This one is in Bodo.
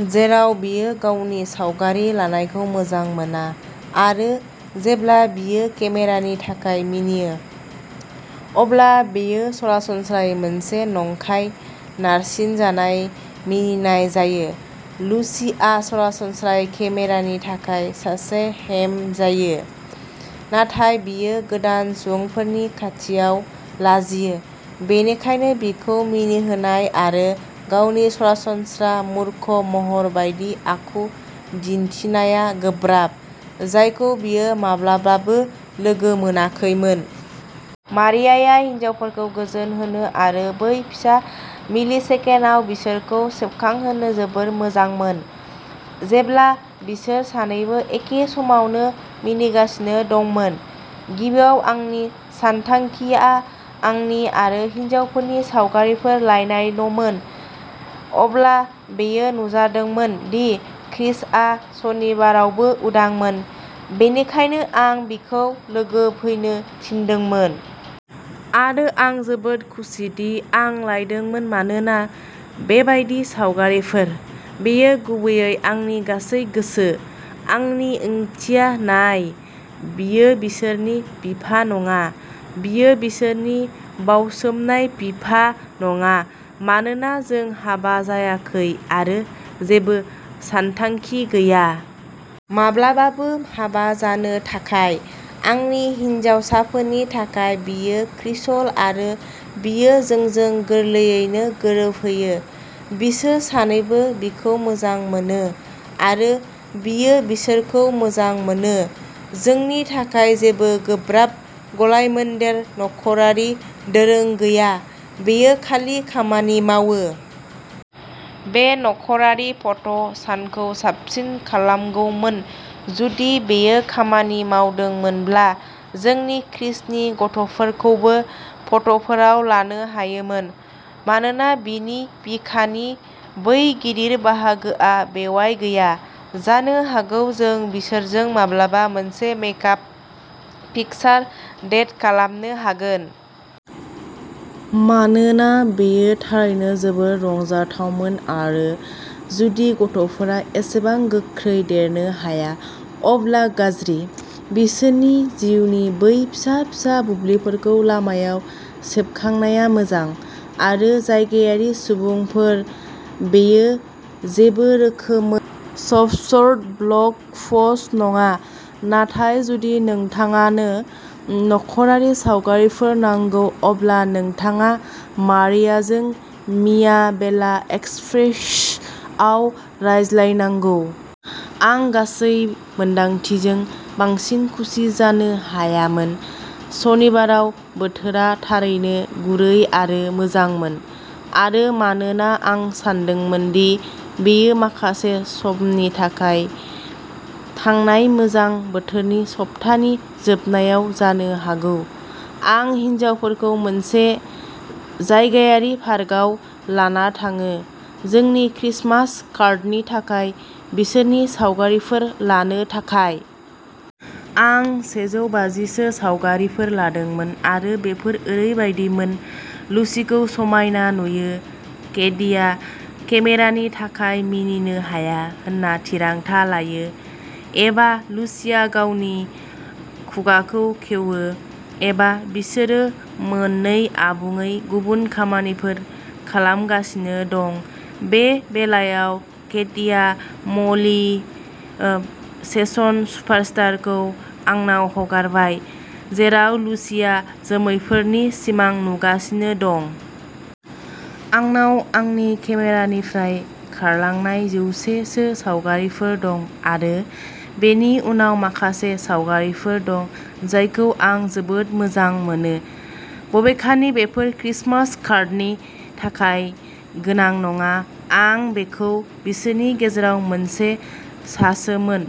जेराव बियो गावनि सावगारि लानायखौ मोजां मोना, आरो जेब्ला बियो केमेरानि थाखाय मिनियो, अब्ला बेयो सरासनस्रायै मोनसे नंखाय नारसिनजानाय मिनिनाय जायो। लुसिआ सरासनस्रायै केमेरानि थाखाय सासे हेम जायो, नाथाय बियो गोदान सुबुंफोरनि खाथियाव लाजियो, बेनिखायनो बिखौ मिनिहोनाय आरो गावनि सरासनस्रा मूर्ख महर बायदि आखु दिन्थिनाया गोब्राब, जायखौ बियो माब्लाबाबो लोगो मोनाखैमोन। मारियाया हिनजावफोरखौ गोजोन होनो आरो बै फिसा मिलिसेकेन्डआव बिसोरखौ सेबखांहोनो जोबोद मोजांमोन, जेब्ला बिसोर सानैबो एखे समावनो मिनिगासिनो दंमोन। गिबियाव, आंनि सानथांखिआ आंनि आरो हिनजावफोरनि सावगारिफोर लायनायल'मोन। अब्ला बेयो नुजादोंमोन दि क्रिसआ सनिबारावबो उदांमोन, बेनिखायनो आं बिखौ लोगो फैनो थिनदोंमोन। आरो आं जोबोद खुसिदि आं लायदोंमोन, मानोना बेबायदि सावगारिफोर? बेयो गुबैयै आंनि गासै गोसो। आंनि ओंथिया, नाय, बियो बिसोरनि बिफा नङा। बियो बिसोरनि बावसोमनाय बिफा नङा, मानोना जों हाबा जायाखै आरो जेबो सानथांखि गैया। माब्लाबाबो हाबा जानो थाखाय। आंनि हिनजावसाफोरनि थाखाय, बियो क्रिसल आरो बियो जोंजों गोरलैयैनो गोरोबहैयो। बिसोर सानैबो बिखौ मोजां मोनो, आरो बियो बिसोरखौ मोजां मोनो। जोंनि थाखाय जेबो गोब्राब गलायमोन्देर नख'रारि दोरों गैया, बेयो खालि खामानि मावो। बे नख'रारि फट' सानखौ साबसिन खालामगौमोन जुदि बेयो खामानि मावदोंमोनब्ला जोंनि क्रिसनि गथ'फोरखौबो फट'फोराव लानो हायोमोन। मानोना बिनि बिखानि बै गिदिर बाहागोआ बेववाय गैया। जानो हागौ जों बिसोरजों माब्लाबा मोनसे मेक आप पिकचार डेट खालामनो हागोन। मानोना बेयो थारैनो जोबोद रंजाथावमोन, आरो जुदि गथ'फोरा एसेबां गोख्रै देरनो हाया अब्ला गाज्रि। बिसोरनि जिउनि बै फिसा-फिसा बुब्लिफोरखौ लामायाव सेबखांनाया मोजां। आरो जायगायारि सुबुंफोर, बेयो जेबो रोखोमै स्पसर्ड ब्लग पस्ट नङा, नाथाय जुदि नोंथांआनो नख'रारि सावगारिफोर नांगौ, अब्ला नोंथाङा मारियाजों मिया बेला एक्सप्रेसआव रायज्लायनांगौ। आं गासै मोन्दांथिजों बांसिन खुसि जानो हायामोन। सनिबाराव, बोथोरा थारैनो गुरै आरो मोजांमोन, आरो मानोना आं सानदोंमोन दि बेयो माखासे समनि थाखाय थांनाय मोजां बोथोरनि सप्तानि जोबनायाव जानो हागौ, आं हिनजावफोरखौ मोनसे जायगायारि पार्कआव लाना थाङो जोंनि क्रिसमास कार्डनि थाखाय बिसोरनि सावगारिफोर लानो थाखाय। आं सेजौबाजि सो सावगारिफोर लादोंमोन, आरो बेफोर ओरैबायदिमोन। लुसीखौ समायना नुयो, केडिआ केमेरानि थाखाय मिनिनो हाया होनना थिरांथा लायो। एबा लुसीया गावनि खुगाखौ खेवो। एबा, बिसोरो मोननै आबुङै गुबुन खामानिफोर खालामगासिनो दं। बे बेलायाव, केटीआ म'लीओ शेसन सुपारस्टारखौ आंनाव हगारबाय, जेराव लुसीआ जोमैफोरनि सिमां नुगासिनो दं। आंनाव आंनि केमेरानिफ्राय खारलांनाय जौसे सो सावगारिफोर दं आरो बेनि उनाव माखासे सावगारिफोर दं जायखौ आं जोबोद मोजां मोनो, बबेखानि बेफोर क्रिसमास कार्डनि थाखाय गोनां नङा। आं बेखौ बिसोरनि गेजेराव मोनसे सासोमोन।